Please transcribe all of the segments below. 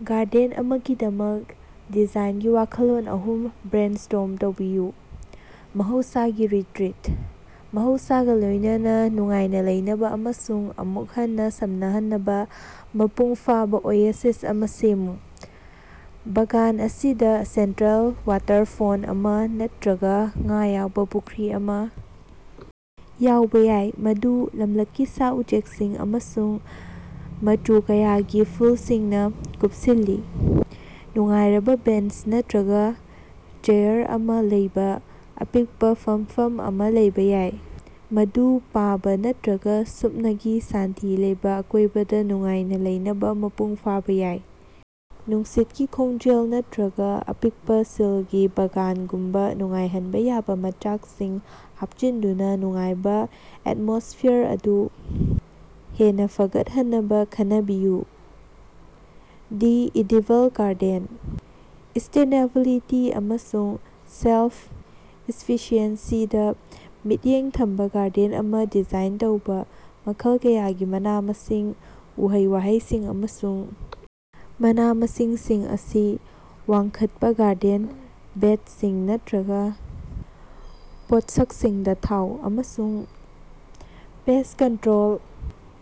Garden ꯑꯃꯒꯤꯗꯃꯛ ꯗꯤꯖꯥꯏꯟꯒꯤ ꯋꯥꯈꯜꯂꯣꯟ ꯑꯍꯨꯝ ꯕ꯭ꯔꯦꯟꯁ꯭ꯇꯣꯔꯝ ꯇꯧꯕꯤꯌꯨ꯫ ꯃꯍꯧꯁꯥꯒꯤ ꯔꯤꯇ꯭ꯔꯤꯠ: ꯃꯍꯧꯁꯥꯒ ꯂꯣꯏꯅꯅ ꯅꯨꯡꯉꯥꯏꯅ ꯂꯩꯅꯕ ꯑꯃꯁꯨꯡ ꯑꯃꯨꯛ ꯍꯟꯅ ꯁꯝꯅꯍꯟꯅꯕ ꯃꯄꯨꯡ ꯐꯥꯕ ꯑꯣꯌꯦꯁꯤꯁ ꯑꯃ ꯁꯦꯝꯃꯨ꯫ ꯕꯥꯒꯥꯟ ꯑꯁꯤꯗ ꯁꯦꯟꯇ꯭ꯔꯦꯜ ꯋꯥꯇꯔ ꯐꯣꯟꯇ ꯑꯃ ꯅꯠꯇ꯭ꯔꯒ ꯉꯥ ꯌꯥꯎꯕ ꯄꯨꯈ꯭ꯔꯤ ꯑꯃꯥ ꯌꯥꯎꯕ ꯌꯥꯏ꯫ ꯃꯗꯨ ꯂꯝꯂꯛꯀꯤ ꯁꯥ-ꯎꯆꯦꯛꯁꯤꯡ ꯑꯃꯁꯨꯡ ꯃꯆꯨ ꯀꯌꯥꯒꯤ ꯐꯨꯂꯁꯤꯡꯅ ꯀꯨꯄꯁꯤꯜꯂꯤ꯫ ꯅꯨꯡꯉꯥꯏꯔꯕ ꯕꯦꯟꯆ ꯅꯠꯇ꯭ꯔꯒ ꯆꯦꯌꯥꯔ ꯑꯃ ꯂꯩꯕ ꯑꯄꯤꯛꯄ ꯐꯃꯐꯝ ꯑꯃ ꯂꯩꯕ ꯌꯥꯏ꯫ ꯃꯗꯨ ꯄꯥꯕ ꯅꯠꯇ꯭ꯔꯒ ꯁꯨꯞꯅꯒꯤ ꯁꯥꯟꯇꯤ ꯂꯩꯕ ꯑꯀꯣꯏꯕꯗ ꯅꯨꯡꯉꯥꯏꯅ ꯂꯩꯅꯕ ꯃꯄꯨꯡ ꯐꯥꯕ ꯌꯥꯏ꯫ ꯅꯨꯡꯁꯤꯠꯀꯤ ꯈꯣꯡꯖꯦꯜ ꯅꯠꯇ꯭ꯔꯒ ꯑꯄꯤꯛꯄ ꯁꯤꯂꯒꯤ ꯕꯥꯒꯥꯟꯒꯨꯝꯕ ꯅꯨꯡꯉꯥꯏꯍꯟꯕ ꯌꯥꯕ ꯃꯆꯥꯛꯁꯤꯡ ꯍꯥꯄꯆꯤꯟꯗꯨꯅ ꯅꯨꯡꯉꯥꯏꯕ ꯑꯦꯇꯃꯣꯁ꯭ꯐꯤꯌꯥꯔ ꯑꯗꯨ ꯍꯦꯟꯅ ꯐꯒꯠꯍꯟꯅꯕ ꯈꯟꯅꯕꯤꯌꯨ꯫ ꯗꯤ ꯏꯗꯤꯕꯜ ꯒꯥꯔꯗꯦꯟ: ꯁꯁ꯭ꯇꯦꯅꯦꯕꯤꯂꯤꯇꯤ ꯑꯃꯁꯨꯡ ꯁꯦꯜꯐ-ꯁꯐꯤꯁꯤꯑꯦꯟꯁꯤꯗ ꯃꯤꯠꯌꯦꯡ ꯊꯝꯕ ꯒꯥꯔꯗꯦꯟ ꯑꯃ ꯗꯤꯖꯥꯏꯟ ꯇꯧꯕ- ꯃꯈꯜ ꯀꯌꯥꯒꯤ ꯃꯅꯥ-ꯃꯁꯤꯡ, ꯎꯍꯩ-ꯋꯥꯍꯩꯁꯤꯡ ꯑꯃꯁꯨꯡ ꯃꯅꯥ-ꯃꯁꯤꯡꯁꯤꯡ ꯑꯁꯤ ꯋꯥꯡꯈꯠꯄ ꯒꯥꯔꯗꯦꯟ ꯕꯦꯗꯁꯤꯡ ꯅꯠꯇ꯭ꯔꯒ ꯄꯣꯠꯁꯛꯁꯤꯡꯗ ꯊꯥꯎ, ꯑꯃꯁꯨꯡ ꯄꯦꯁ꯭ꯠ ꯀꯟꯇ꯭ꯔꯣꯜ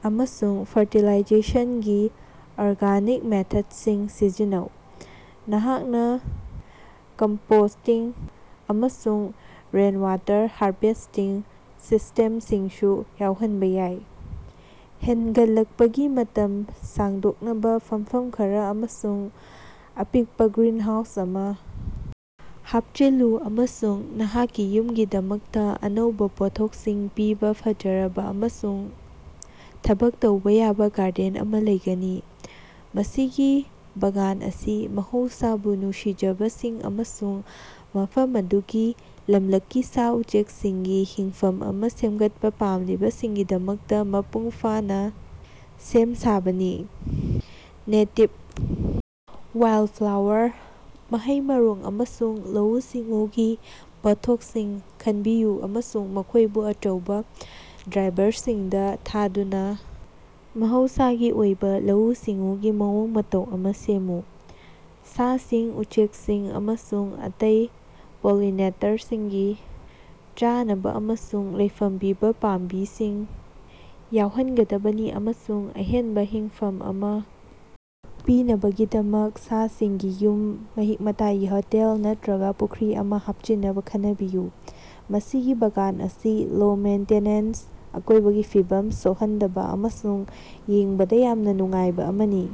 ꯑꯃꯁꯨꯡ ꯐꯔꯇꯤꯂꯥꯏꯖꯦꯁꯟꯒꯤ ꯑꯣꯔꯒꯥꯅꯤꯛ ꯃꯦꯊꯗꯁꯤꯡ ꯁꯤꯖꯤꯟꯅꯧ꯫ ꯅꯍꯥꯛꯅ ꯀꯝꯄꯣꯁ꯭ꯇꯤꯡ ꯑꯃꯁꯨꯡ ꯔꯦꯟꯋꯥꯇꯔ ꯍꯥꯔꯚꯦꯁ꯭ꯇꯤꯡ ꯁꯤꯁ꯭ꯇꯦꯃꯁꯤꯡꯁꯨ ꯌꯥꯎꯍꯟꯕ ꯌꯥꯏ꯫ ꯍꯦꯅꯒꯠꯂꯛꯄꯒꯤ ꯃꯇꯝ ꯁꯥꯡꯗꯣꯛꯅꯕ ꯐꯝꯐꯝ ꯈꯔ ꯑꯃꯁꯨꯡ ꯑꯄꯤꯛꯄ ꯒ꯭ꯔꯤꯟꯍꯥꯎꯁ ꯑꯃ ꯍꯥꯞꯆꯤꯜꯂꯨ ꯑꯃꯁꯨꯡ ꯅꯍꯥꯛꯀꯤ ꯌꯨꯝꯒꯤꯗꯃꯛꯇ ꯑꯅꯧꯕ ꯄꯣꯠꯊꯣꯛꯁꯤꯡ ꯄꯤꯕ ꯐꯖꯔꯕ ꯑꯃꯁꯨꯡ ꯊꯕꯛ ꯇꯧꯕ ꯌꯥꯕ ꯒꯥꯔꯗꯦꯟ ꯑꯃ ꯂꯩꯒꯅꯤ꯫ ꯃꯁꯤꯒꯤ ꯕꯥꯒꯥꯟ ꯑꯁꯤ ꯃꯍꯧꯁꯥꯕꯨ ꯅꯨꯡꯁꯤꯖꯕꯁꯤꯡ ꯑꯃꯁꯨꯡ ꯃꯐꯝ ꯑꯗꯨꯒꯤ ꯂꯃꯂꯛꯀꯤ ꯁꯥ-ꯎꯆꯦꯀꯁꯤꯡꯒꯤ ꯍꯤꯡꯐꯝ ꯑꯃ ꯁꯦꯝꯒꯠꯄ ꯄꯥꯝꯂꯤꯕꯁꯤꯡꯒꯤꯗꯃꯛꯇ ꯃꯄꯨꯡ ꯐꯥꯅ ꯁꯦꯝ ꯁꯥꯕꯅꯤ꯫ꯅꯦꯇꯤꯚ ꯋꯥꯏꯜꯗꯐ꯭ꯂꯥꯋꯥꯔ, ꯃꯍꯩ-ꯃꯔꯣꯡ, ꯑꯃꯁꯨꯡ ꯂꯧꯎ-ꯁꯤꯡꯎꯒꯤ ꯄꯣꯠꯊꯣꯛꯁꯤꯡ ꯈꯟꯕꯤꯌꯨ ꯑꯃꯁꯨꯡ ꯃꯈꯣꯏꯕꯨ ꯑꯆꯧꯕ ꯗ꯭ꯔꯥꯏꯚꯔꯁꯤꯡꯗ ꯊꯥꯗꯨꯅ ꯃꯍꯧꯁꯥꯒꯤ ꯑꯣꯏꯕ ꯂꯧꯎ-ꯁꯤꯡꯎꯒꯤ ꯃꯑꯣꯡ ꯃꯇꯧ ꯑꯃ ꯁꯦꯝꯃꯨ꯫ ꯁꯥꯁꯤꯡ, ꯎꯆꯦꯛꯁꯤꯡ ꯑꯃꯁꯨꯡ ꯑꯇꯩ ꯄꯣꯂꯤꯅꯦꯇꯔꯁꯤꯡꯒꯤ ꯆꯥꯅꯕ ꯑꯃꯁꯨꯡ ꯂꯩꯐꯝ ꯄꯤꯕ ꯄꯥꯝꯕꯤꯁꯤꯡ ꯌꯥꯎꯍꯟꯒꯗꯕꯅꯤ ꯑꯃꯁꯨꯡ ꯑꯍꯦꯟꯕ ꯍꯤꯡꯐꯝ ꯑꯃ ꯄꯤꯅꯕꯒꯤꯗꯃꯛ ꯁꯥꯁꯤꯡꯒꯤ ꯌꯨꯝ, ꯃꯍꯤꯛ-ꯃꯇꯥꯏꯒꯤ ꯍꯣꯇꯦꯜ ꯅꯠꯇꯔꯒ ꯄꯨꯈ꯭ꯔꯤ ꯑꯃ ꯍꯥꯞꯆꯤꯟꯅꯕ ꯈꯟꯅꯕꯤꯌꯨ꯫ ꯃꯁꯤꯒꯤ ꯕꯥꯒꯥꯟ ꯑꯁꯤ ꯂꯣ-ꯃꯦꯟꯇꯦꯅꯦꯟꯁ, ꯑꯀꯣꯏꯕꯒꯤ ꯐꯤꯕꯝ ꯁꯣꯛꯍꯟꯗꯕ ꯑꯃꯁꯨꯡ ꯌꯦꯡꯕꯗ ꯌꯥꯝꯅ ꯅꯨꯡꯉꯥꯏꯕ ꯑꯃꯅꯤ꯫